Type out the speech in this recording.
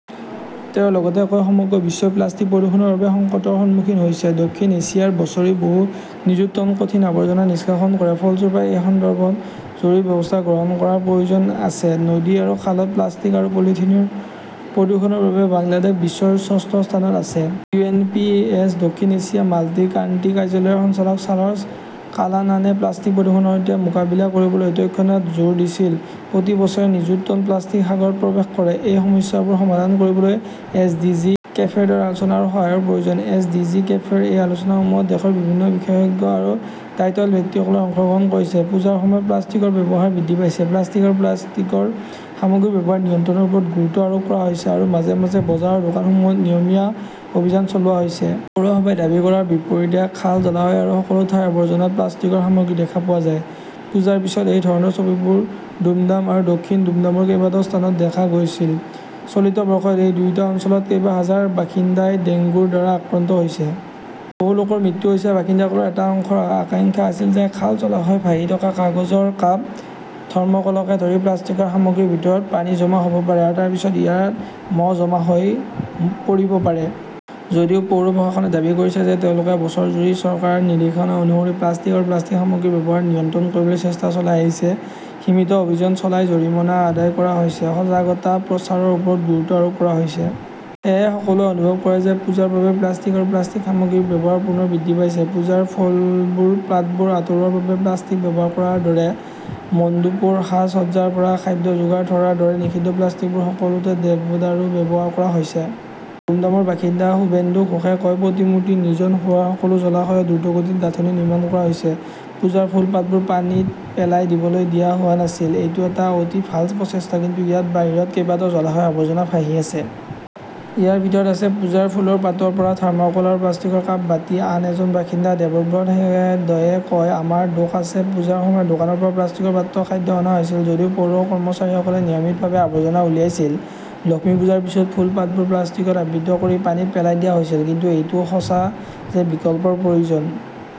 তেওঁ লগতে কয়, সমগ্ৰ বিশ্বই প্লাষ্টিক প্ৰদূষণৰ বাবে সংকটৰ সন্মুখীন হৈছে। দক্ষিণ এছিয়াই বছৰি বহু নিযুত টন কঠিন আৱৰ্জনা নিষ্কাশন কৰে। ফলস্বৰূপে, এই সন্দৰ্ভত জৰুৰী ব্যৱস্থা গ্ৰহণ কৰাৰ প্ৰয়োজন আছে। নদী আৰু খালত প্লাষ্টিক আৰু পলিথিন প্ৰদূষণৰ বাবে বাংলাদেশ বিশ্বৰ ষষ্ঠ স্থানত আছে। U. N. O. P. S. দক্ষিণ এছিয়া মাল্টি-কান্ট্রী কাৰ্যালয়ৰ সঞ্চালক চাৰ্লছ কালানানে প্লাষ্টিক প্ৰদূষণৰ সৈতে মোকাবিলা কৰিবলৈ তৎক্ষণাত জোৰ দিছিল। প্ৰতি বছৰে নিযুত টন প্লাষ্টিক সাগৰত প্ৰৱেশ কৰে। এই সমস্যাবোৰ সমাধান কৰিবলৈ এছ.ডি.জি. কেফৰ দৰে আলোচনা আৰু সহায়ৰ প্ৰয়োজন। এছ. ডি. জি. কেফেৰ এই আলোচনাসমূহত দেশৰ বিভিন্ন বিশেষজ্ঞ আৰু দায়িত্বশীল ব্যক্তিসকলে অংশগ্ৰহণ কৰিছে। পূজাৰ সময়ত প্লাষ্টিকৰ ব্যৱহাৰ বৃদ্ধি পাইছে। প্লাষ্টিক আৰু প্লাষ্টিকৰ সামগ্ৰীৰ ব্যৱহাৰ নিয়ন্ত্ৰণৰ ওপৰত গুৰুত্ব আৰোপ কৰা হৈছে আৰু মাজে মাজে বজাৰ আৰু দোকানসমূহত নিয়মীয়া অভিযান চলোৱা হৈছে। পৌৰসভাই দাবী কৰাৰ বিপৰীতে খাল, জলাশয়, আৰু সকলো ঠাইৰ আৱৰ্জনাত প্লাষ্টিকৰ সামগ্ৰী দেখা পোৱা যায়। পূজাৰ পিছত, এই ধৰণৰ ছবিবোৰ দুমডাম আৰু দক্ষিণ দুমডামৰ কেইবাটাও স্থানত দেখা গৈছিল। চলিত বৰ্ষত সেই দুয়োটা অঞ্চলত কেইবা হাজাৰ বাসিন্দাই ডেংগুৰ দ্বাৰা আক্ৰান্ত হৈছে। বহু লোকৰ মৃত্যু হৈছে। বাসিন্দাসকলৰ এটা অংশৰ আকাংখা আছিল যে খাল, জলাশয়ত ভাহি থকা কাগজৰ কাপ, থৰ্ম'কলকে ধৰি প্লাষ্টিকৰ সামগ্ৰীৰ ভিতৰত পানী জমা হ'ব পাৰে আৰু তাৰ পিছত ইয়াত মহ জমা হৈ পৰিব পাৰে। যদিও পৌৰ প্ৰশাসনে দাবী কৰিছে যে তেওঁলোকে বছৰজুৰি চৰকাৰৰ নিৰ্দেশনা অনুসৰি প্লাষ্টিক আৰু প্লাষ্টিক সামগ্ৰীৰ ব্যৱহাৰ নিয়ন্ত্ৰণ কৰিবলৈ চেষ্টা চলাই আহিছে। সীমিত অভিযান চলাই জৰিমনা আদায় কৰা হৈছে। সজাগতা প্ৰচাৰৰ ওপৰতো গুৰুত্ব আৰোপ কৰা হৈছে। সেয়েহে সকলোৱে অনুভৱ কৰে যে পূজাৰ বাবেই প্লাষ্টিক আৰু প্লাষ্টিক সামগ্ৰীৰ ব্যৱহাৰ পুনৰ বৃদ্ধি পাইছে। পূজাৰ ফলবোৰ, পাতবোৰ আঁতৰোৱাৰ বাবে প্লাষ্টিক ব্যৱহাৰ কৰাৰ দৰে, মণ্ডপৰ সাজ-সজ্জাৰ পৰা খাদ্য যোগান ধৰাৰ দৰে নিষিদ্ধ প্লাষ্টিকবোৰ সকলোতে দেৱদাৰু ব্যৱহাৰ কৰা হৈছে। দুমডামৰ বাসিন্দা সুভেন্দু ঘোষে কয়, "প্ৰতিমূৰ্তি নিৰ্জন হোৱা সকলো জলাশয়ত দ্ৰুতগতিত গাঁথনি নিৰ্মাণ কৰা হৈছে। পূজাৰ ফুল-পাতবোৰ পানীত পেলাই দিবলৈ দিয়া হোৱা নাছিল"। এইটো এটা অতি ভাল প্ৰচেষ্টা। কিন্তু ইয়াৰ বাহিৰত কেইবাটাও জলাশয়ত আবৰ্জনা ভাহি আছে। ইয়াৰ ভিতৰত আছে পূজাৰ ফুলৰ পাতৰ পৰা থাৰ্মোকোল আৰু প্লাষ্টিকৰ কাপ, বাটি। আন এজন বাসিন্দা দেৱব্ৰত দেয়ে কয়, "আমাৰো দোষ আছে। পূজাৰ সময়ত দোকানৰ পৰা প্লাষ্টিকৰ পাত্ৰত খাদ্য অনা হৈছিল। যদিও পৌৰ কৰ্মচাৰীসকলে নিয়মীয়াভাৱে আৱৰ্জনা উলিয়াইছিল, লক্ষ্মী পূজাৰ পিছত ফুল-পাতবোৰ প্লাষ্টিকত আবৃত কৰি পানীত পেলাই দিয়া হৈছিল। কিন্তু এইটো সঁচা যে বিকল্পৰ প্ৰয়োজন"।